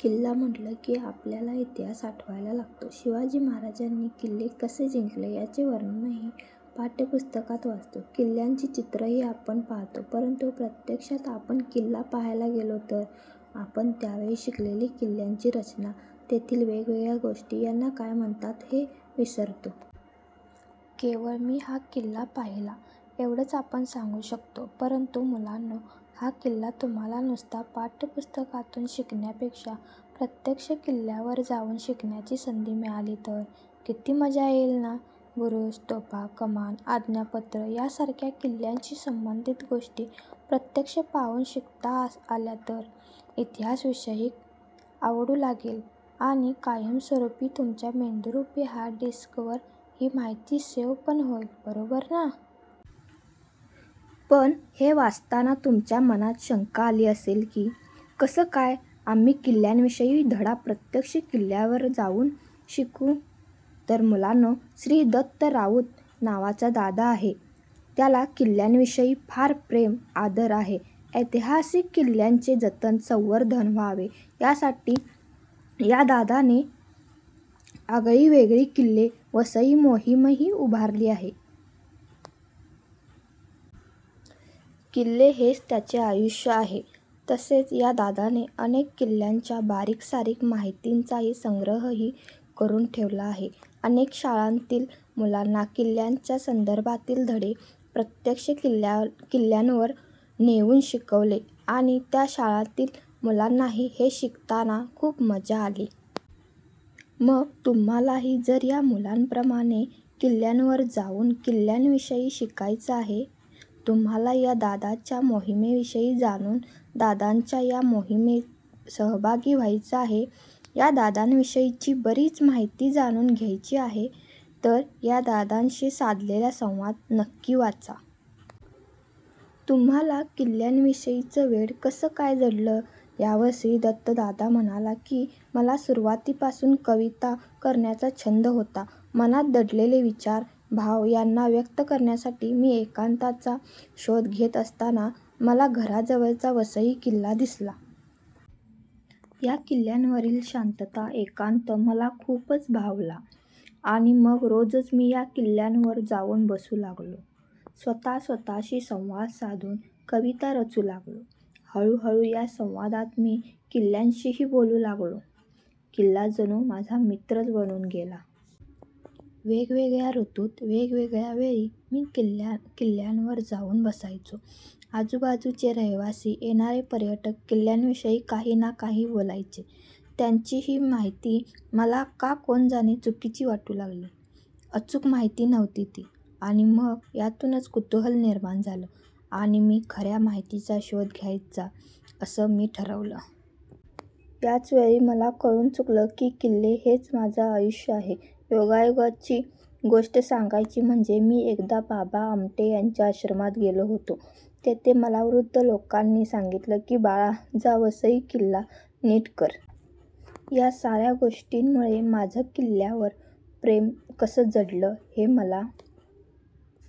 किल्ला म्हटलं की आपल्याला इतिहास आठवायला लागतो. शिवाजी महाराजांनी किल्ले कसे जिंकले याचे वर्णनही पाठ्यपुस्तकात वाचतो, किल्ल्यांची चित्रंही आपण पाहतो. परंतु प्रत्यक्षात आपण किल्ला पाहायला गेलो तर आपण त्यावेळी शिकलेली किल्ल्याची रचना, तेथील वेगवेगळ्या गोष्टी यांना काय म्हणतात हे विसरतो. केवळ मी हा किल्ला पाहिला एवढंच आपण सांगू शकतो. परंतु मुलांनो, हा किल्ला तुम्हाला नुसता पाठ्यपुस्तकातून शिकण्यापेक्षा प्रत्यक्ष किल्ल्यावर जाऊन शिकण्याची संधी मिळाली तर, किती मजा येईल ना? बुरुज, तोफा, कमान, आज्ञापत्र यांसारख्या किल्ल्याशी संबंधित गोष्टी प्रत्यक्ष पाहून शिकता आल्या तर, इतिहास विषयही आवडू लागेल आणि कायमस्वरूपी तुमच्या मेंदुरूपी हार्डडिस्कवर ही माहिती सेव्ह पण होईल, बरोबर ना? पण हे वाचताना तुमच्या मनात शंका आली असेल की, कसं काय आम्ही किल्ल्याविषयीचा धडा प्रत्यक्ष किल्ल्यावर जाऊन शिकू? तर मुलांनो, श्रीदत्त राऊत नावाचा दादा आहे. त्याला किल्ल्याविषयी फार प्रेम, आदर आहे. ऐतिहासिक किल्ल्यांचे जतन संवर्धन व्हावे यासाठी या दादाने आगळीवेगळी किल्ले वसई मोहीमही उभारली आहे. किल्ले हेच त्याचं आयुष्य आहे. तसेच या दादाने अनेक किल्ल्यांच्या बारीकसारीक माहितीचा संग्रहही करून ठेवला आहे. अनेक शाळांतील मुलांना किल्ल्याच्या संदर्भातील धडे प्रत्यक्ष किल्ल्यावर नेऊन शिकवले आणि त्या शाळांतील मुलांनाही हे शिकताना खूप मजा आली. मग तुम्हालाही जर या मुलांप्रमाणे किल्ल्यावर जाऊन किल्ल्याविषयी शिकायचं आहे, तुम्हाला या दादाच्या मोहिमेविषयी जाणून दादाच्या या मोहिमेत सहभागी व्हायचं आहे, या दादाविषयीची बरीच माहिती जाणून घ्यायची आहे तर या दादाशी साधलेला संवाद नक्की वाचा. तुम्हाला किल्ल्याविषयीचं वेड कसं काय जडलं? यावर श्रीदत्त दादा म्हणाला की, मला सुरुवातीपासून कविता करण्याचा छंद होता. मनात दडलेले हे विचार, भाव यांना व्यक्त करण्यासाठी मी एकांताचा शोध घेत असताना मला घराजवळचा वसई किल्ला दिसला. या किल्ल्यावरील शांतता, एकांत मला खूपच भावला आणि मग रोजच मी या किल्ल्यावर जाऊन बसू लागलो. स्वतः स्वतःशी संवाद साधून कविता रचू लागलो. हळूहळू या संवादात मी किल्ल्याशीही बोलू लागलो. किल्ला जणू माझा मित्रच बनून गेला. वेगवेगळ्या ऋतूत, वेगवेगळ्या वेळी मी किल्ल्यावर जाऊन बसायचो. आजूबाजूचे रहिवासी, येणारे पर्यटक किल्ल्याविषयी काही ना काही बोलायचे. त्यांची ही माहिती मला का कोण जाणे चुकीची वाटू लागली. अचूक माहिती नव्हती ती आणि मग यातूनच कुतूहल निर्माण झालं आणि मी खऱ्या माहितीचा शोध घ्यायचा असं मी ठरवलं. याच वेळी मला कळून चुकलं की किल्ले हेच माझं आयुष्य आहे. योगायोगाची गोष्ट सांगायची म्हणजे मी एकदा बाबा आमटे यांच्या आश्रमात गेलो होतो. तेथे मला वृद्ध लोकांनी सांगितलं की बाळा जा वसई किल्ला नीट कर. या साऱ्या गोष्टीमुळे माझं किल्ल्यावर प्रेम कसं जडलं हे मला